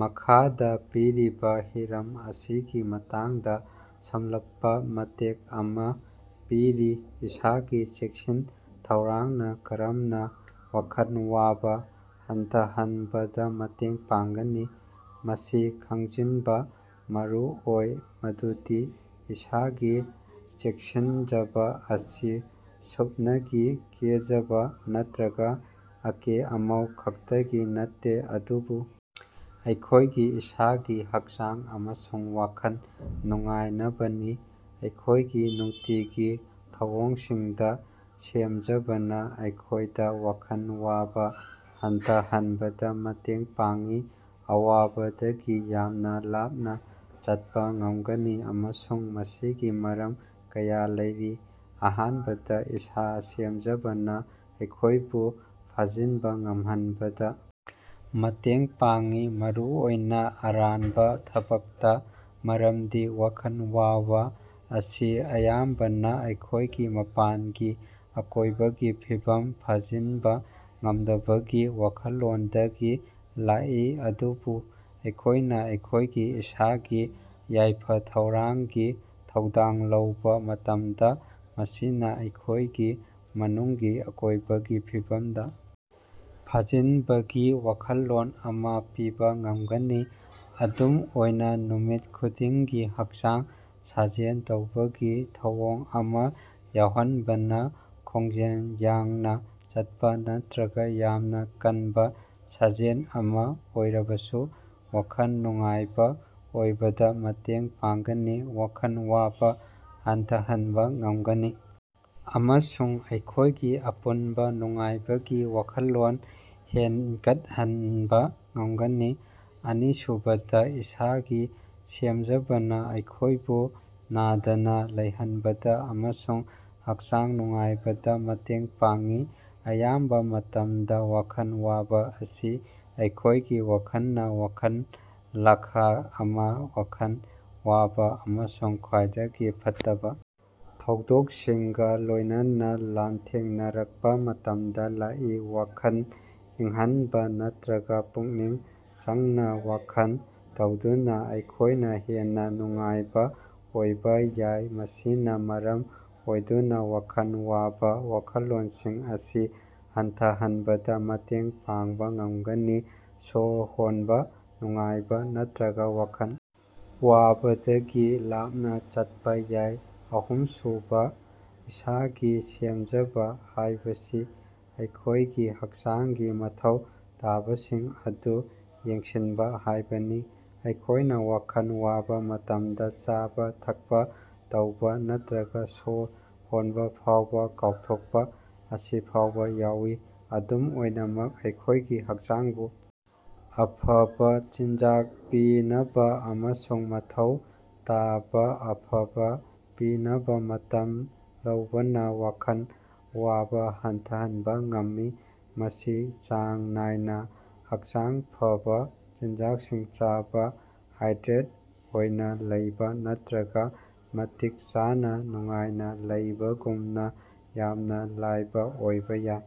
ꯃꯈꯥꯗꯥ ꯄꯤꯔꯤꯕꯥ ꯍꯤꯔꯝ ꯑꯁꯤꯒꯤ ꯃꯇꯥꯡꯗꯥ ꯁꯝꯂꯞꯄ ꯃꯇꯦꯛ ꯑꯃꯥ ꯄꯤꯔꯤ ꯏꯁꯥꯒꯤ ꯆꯦꯛꯁꯤꯟ ꯊꯧꯔꯥꯡꯅꯥ ꯀꯔꯝꯅ ꯋꯥꯈꯜ ꯋꯥꯕ ꯍꯟꯊꯍꯟꯕꯗ ꯃꯇꯦꯡ ꯄꯥꯡꯒꯅꯤ꯫ ꯃꯁꯤ ꯈꯪꯖꯤꯟꯕ ꯃꯔꯨꯑꯣꯏ ꯃꯗꯨꯗꯤ ꯏꯁꯥꯒꯤ ꯆꯦꯛꯁꯤꯟꯖꯕ ꯑꯁꯤ ꯁꯨꯞꯅꯒꯤ ꯀꯦꯖꯥꯕ ꯅꯠꯇ꯭ꯔꯒ ꯑꯀꯦ ꯑꯃꯧ ꯈꯛꯇꯒꯤ ꯅꯠꯇꯦ ꯑꯗꯨꯕꯨ ꯑꯩꯈꯣꯢꯒꯤ ꯏꯁꯥꯒꯤ ꯍꯛꯆꯥꯡ ꯑꯃꯁꯨꯡ ꯋꯥꯈꯜ ꯅꯨꯡꯉꯥꯢꯅꯕꯅꯤ ꯫ ꯑꯩꯈꯣꯢꯒꯤ ꯅꯨꯡꯇꯤꯒꯤ ꯊꯧꯑꯣꯡꯁꯤꯡꯗ ꯁꯦꯝꯖꯕꯅ ꯑꯩꯈꯣꯏꯗ ꯋꯥꯈꯜ ꯋꯥꯕ ꯍꯟꯊꯍꯟꯕꯗ ꯃꯇꯦꯡ ꯄꯥꯡꯢ ꯑꯋꯥꯕꯗꯒꯤ ꯌꯥꯝꯅ ꯂꯥꯞꯅ ꯆꯠꯄꯥ ꯉꯝꯒꯅꯤ ꯑꯃꯁꯨꯡ ꯃꯁꯤꯒꯤ ꯃꯔꯝ ꯀꯌꯥ ꯂꯩꯔꯤ꯫ ꯑꯍꯥꯟꯕꯗ ꯏꯁꯥ ꯁꯦꯝꯖꯕꯅ ꯑꯩꯈꯣꯢꯕꯨ ꯐꯥꯖꯤꯟꯕ ꯉꯝꯍꯟꯕꯗ ꯃꯇꯦꯡ ꯄꯥꯡꯏ ꯃꯔꯨꯑꯣꯏꯅꯥ ꯑꯔꯥꯟꯕ ꯊꯕꯛꯇ ꯫ ꯃꯔꯝꯗꯤ ꯋꯥꯈꯜ ꯋꯥꯕꯥ ꯑꯁꯤ ꯑꯌꯥꯝꯕꯅ ꯑꯩꯈꯣꯢꯒꯤ ꯃꯄꯥꯟꯒꯤ ꯑꯀꯣꯢꯕꯒꯤ ꯐꯤꯕꯝ ꯐꯥꯖꯤꯟꯕ ꯉꯝꯗꯕꯒꯤ ꯋꯥꯈꯜꯂꯣꯟꯗꯒꯤ ꯂꯥꯛꯏ ꯑꯗꯨꯕꯨ ꯑꯩꯈꯣꯢꯅ ꯑꯩꯈꯣꯢꯒꯤ ꯏꯁꯥꯒꯤ ꯌꯥꯏꯐ ꯊꯧꯔꯥꯡꯒꯤ ꯊꯧꯗꯥꯡ ꯂꯧꯕꯥ ꯃꯇꯝꯗ ꯃꯁꯤꯅ ꯑꯩꯈꯣꯢꯒꯤ ꯃꯅꯨꯡꯒꯤ ꯑꯀꯣꯢꯕꯒꯤ ꯐꯤꯕꯝꯗ ꯐꯥꯖꯤꯟꯕꯒꯤ ꯋꯥꯈꯜꯂꯣꯟ ꯑꯃ ꯄꯤꯕ ꯉꯝꯒꯅꯤ꯫ ꯈꯨꯗꯝ ꯑꯣꯏꯅ ꯅꯨꯃꯤꯠ ꯈꯨꯗꯤꯡꯒꯤ ꯍꯛꯆꯥꯡ ꯁꯥꯖꯦꯜ ꯇꯧꯕꯒꯤ ꯊꯧꯑꯣꯡ ꯑꯃ ꯌꯥꯎꯍꯟꯕꯅ ꯈꯣꯡꯖꯦꯜ ꯌꯥꯡꯅ ꯆꯠꯄꯥ ꯅꯠꯇ꯭ꯔꯒ ꯌꯥꯝꯅ ꯀꯟꯕ ꯁꯥꯖꯦꯜ ꯑꯃ ꯑꯣꯏꯔꯕꯁꯨ ꯋꯥꯈꯜ ꯅꯨꯡꯉꯥꯏꯕ ꯑꯣꯏꯕꯗ ꯃꯇꯦꯡ ꯄꯥꯡꯒꯅꯤ꯫ ꯋꯥꯈꯜ ꯋꯥꯕ ꯍꯟꯊꯍꯟꯕ ꯉꯝꯒꯅꯤ ꯑꯃꯁꯨꯡ ꯑꯩꯈꯣꯢꯒꯤ ꯑꯄꯨꯟꯕ ꯅꯨꯡꯉꯥꯏꯕꯒꯤ ꯋꯥꯈꯜꯂꯣꯟ ꯍꯦꯟꯒꯠꯍꯟꯕ ꯉꯝꯒꯅꯤ꯫ ꯑꯅꯤꯁꯨꯕꯗ ꯏꯁꯥꯒꯤ ꯁꯦꯝꯖꯕꯅ ꯑꯩꯈꯣꯢꯕꯨ ꯅꯥꯗꯅ ꯂꯩꯍꯟꯕꯗ ꯑꯃꯁꯨꯡ ꯍꯛꯆꯥꯡ ꯅꯨꯡꯉꯥꯢꯕꯗ ꯃꯇꯦꯡ ꯄꯥꯡꯏ꯫ ꯑꯌꯥꯝꯕ ꯃꯇꯝꯗ ꯋꯥꯈꯜ ꯋꯥꯕ ꯑꯁꯤ ꯑꯩꯈꯣꯢꯒꯤ ꯋꯥꯈꯜꯅ ꯋꯥꯈꯜ ꯂꯥꯈ ꯑꯃ ꯋꯥꯈꯜ ꯋꯥꯕꯥ ꯑꯃꯁꯨꯡ ꯈ꯭ꯋꯥꯏꯗꯒꯤ ꯐꯠꯇꯕꯥ ꯊꯧꯗꯣꯛꯁꯤꯡꯒ ꯂꯣꯢꯅꯅꯥ ꯂꯥꯟꯊꯦꯡꯅꯔꯛꯄ ꯃꯇꯝꯗꯥ ꯂꯥꯛꯏ꯫ ꯋꯥꯈꯜ ꯏꯪꯍꯟꯕ ꯅꯠꯇ꯭ꯔꯒ ꯄꯨꯛꯅꯤꯡ ꯆꯪꯅ ꯋꯥꯈꯜ ꯇꯧꯗꯨꯅꯥ ꯑꯩꯈꯣꯢꯅ ꯍꯦꯟꯅ ꯅꯨꯡꯉꯥꯏꯕ ꯑꯣꯏꯕꯥ ꯌꯥꯏ ꯃꯁꯤꯅꯥ ꯃꯔꯝ ꯑꯣꯏꯗꯨꯅ ꯋꯥꯈꯜ ꯋꯥꯕ ꯋꯥꯈꯜꯂꯣꯟꯁꯤꯡ ꯑꯁꯤ ꯍꯟꯊꯍꯟꯕꯗ ꯃꯇꯦꯡ ꯄꯥꯡꯕ ꯉꯝꯒꯅꯤ꯫ ꯁꯣꯔ ꯍꯣꯟꯕ ꯅꯨꯡꯉꯥꯏꯕ ꯅꯠꯇ꯭ꯔꯒ ꯋꯥꯈꯜ ꯋꯥꯕꯗꯒꯤ ꯂꯥꯞꯅ ꯆꯠꯄ ꯌꯥꯏ꯫ ꯑꯍꯨꯝꯁꯨꯕ ꯏꯁꯥꯒꯤ ꯁꯦꯝꯖꯕ ꯍꯥꯢꯕꯁꯤ ꯑꯩꯈꯣꯢꯒꯤ ꯍꯛꯆꯥꯡꯒꯤ ꯃꯊꯧ ꯇꯥꯕꯁꯤꯡ ꯑꯗꯨ ꯌꯦꯡꯁꯤꯟꯕ ꯍꯥꯢꯕꯅꯤ꯫ ꯑꯩꯈꯣꯢꯅ ꯋꯥꯈꯜ ꯋꯥꯕ ꯃꯇꯝꯗ ꯆꯥꯕ ꯊꯛꯄ ꯇꯧꯕ ꯅꯠꯇ꯭ꯔꯒꯥ ꯁꯣꯔ ꯍꯣꯟꯕ ꯐꯥꯎꯕ ꯀꯥꯎꯊꯣꯛꯄ ꯑꯁꯤꯐꯥꯎꯕ ꯌꯥꯎꯏ꯫ ꯑꯗꯨꯝ ꯑꯣꯏꯅꯃꯛ ꯑꯩꯈꯣꯢꯒꯤ ꯍꯛꯆꯥꯡꯕꯨ ꯑꯐꯕ ꯆꯤꯟꯖꯥꯛ ꯄꯤꯅꯕꯥ ꯑꯃꯁꯨꯡ ꯃꯊꯧ ꯇꯥꯕꯥ ꯑꯐꯕ ꯄꯤꯅꯕ ꯃꯇꯝ ꯂꯧꯕꯅ ꯋꯥꯈꯜ ꯋꯥꯕ ꯍꯟꯊꯍꯟꯕ ꯉꯝꯃꯤ꯫ ꯃꯁꯤ ꯆꯥꯡ ꯅꯥꯏꯅ ꯍꯛꯆꯥꯡ ꯐꯕꯥ ꯆꯤꯟꯖꯥꯛꯁꯤꯡ ꯆꯥꯕ ꯍꯥꯏꯗ꯭ꯔꯦꯠ ꯑꯣꯏꯅ ꯂꯩꯕ ꯅꯠꯇ꯭ꯔꯒ ꯃꯇꯤꯛ ꯆꯥꯅ ꯅꯨꯡꯉꯥꯏꯅ ꯂꯩꯕꯒꯨꯝꯅ ꯌꯥꯝꯅꯥ ꯂꯥꯏꯕ ꯑꯣꯏꯕ ꯌꯥꯏ꯫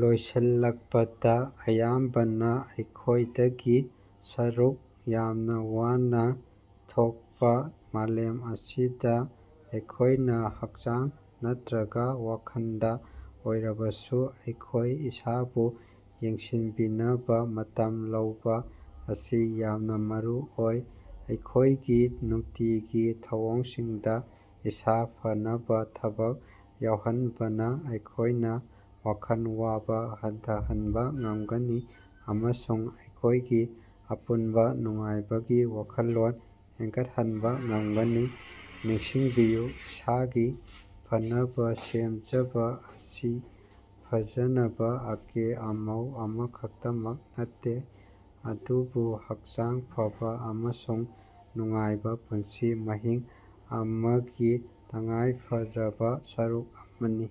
ꯂꯣꯏꯁꯤꯜꯂꯛꯄꯗ ꯑꯌꯥꯝꯕꯅ ꯑꯩꯈꯣꯢꯗꯒꯤ ꯑꯁꯨꯛ ꯌꯥꯝꯅ ꯋꯥꯅ ꯊꯣꯛꯄ ꯃꯥꯂꯦꯝ ꯑꯁꯤꯗꯥ ꯑꯩꯈꯣꯢꯅ ꯍꯛꯆꯥꯡ ꯅꯠꯇ꯭ꯔꯒꯥ ꯋꯥꯈꯜꯗ ꯑꯣꯏꯔꯕꯁꯨ ꯑꯩꯈꯣꯢ ꯏꯁꯥꯕꯨ ꯌꯦꯡꯁꯤꯟꯕꯤꯅꯕ ꯃꯇꯝ ꯂꯧꯕꯥ ꯑꯁꯤ ꯌꯥꯝꯅ ꯃꯔꯨꯑꯣꯏ꯫ ꯑꯩꯈꯣꯢꯒꯤ ꯅꯨꯡꯇꯤꯒꯤ ꯊꯧꯑꯣꯡꯁꯤꯡꯗ ꯏꯁꯥ ꯐꯅꯕ ꯊꯕꯛ ꯌꯥꯎꯍꯟꯕꯅ ꯑꯩꯈꯣꯢꯅ ꯋꯥꯈꯜ ꯋꯥꯕ ꯍꯟꯊꯍꯟꯕ ꯉꯝꯒꯅꯤ ꯑꯃꯁꯨꯡ ꯑꯩꯈꯣꯢꯒꯤ ꯑꯄꯨꯟꯕ ꯅꯨꯡꯉꯥꯏꯕꯒꯤ ꯋꯥꯈꯜꯂꯣꯟ ꯍꯦꯟꯒꯠꯍꯟꯕ ꯉꯝꯒꯅꯤ꯫ ꯅꯤꯡꯁꯤꯡꯕꯤꯌꯨ ꯏꯁꯥꯒꯤ ꯐꯅꯕ ꯁꯦꯝꯖꯕ ꯑꯁꯤ ꯐꯖꯅꯕ ꯑꯀꯦ ꯑꯃꯧ ꯑꯃꯈꯛꯇꯃꯛ ꯅꯠꯇꯦ ꯑꯗꯨꯕꯨ ꯍꯛꯆꯥꯡ ꯐꯥꯕ ꯑꯃꯁꯨꯡ ꯅꯨꯡꯉꯥꯏꯕ ꯄꯨꯟꯁꯤ ꯃꯍꯤꯡ ꯑꯃꯒꯤ ꯇꯉꯥꯏꯐꯗ꯭ꯔꯕ ꯁꯔꯨꯛ ꯑꯃꯅꯤ꯫।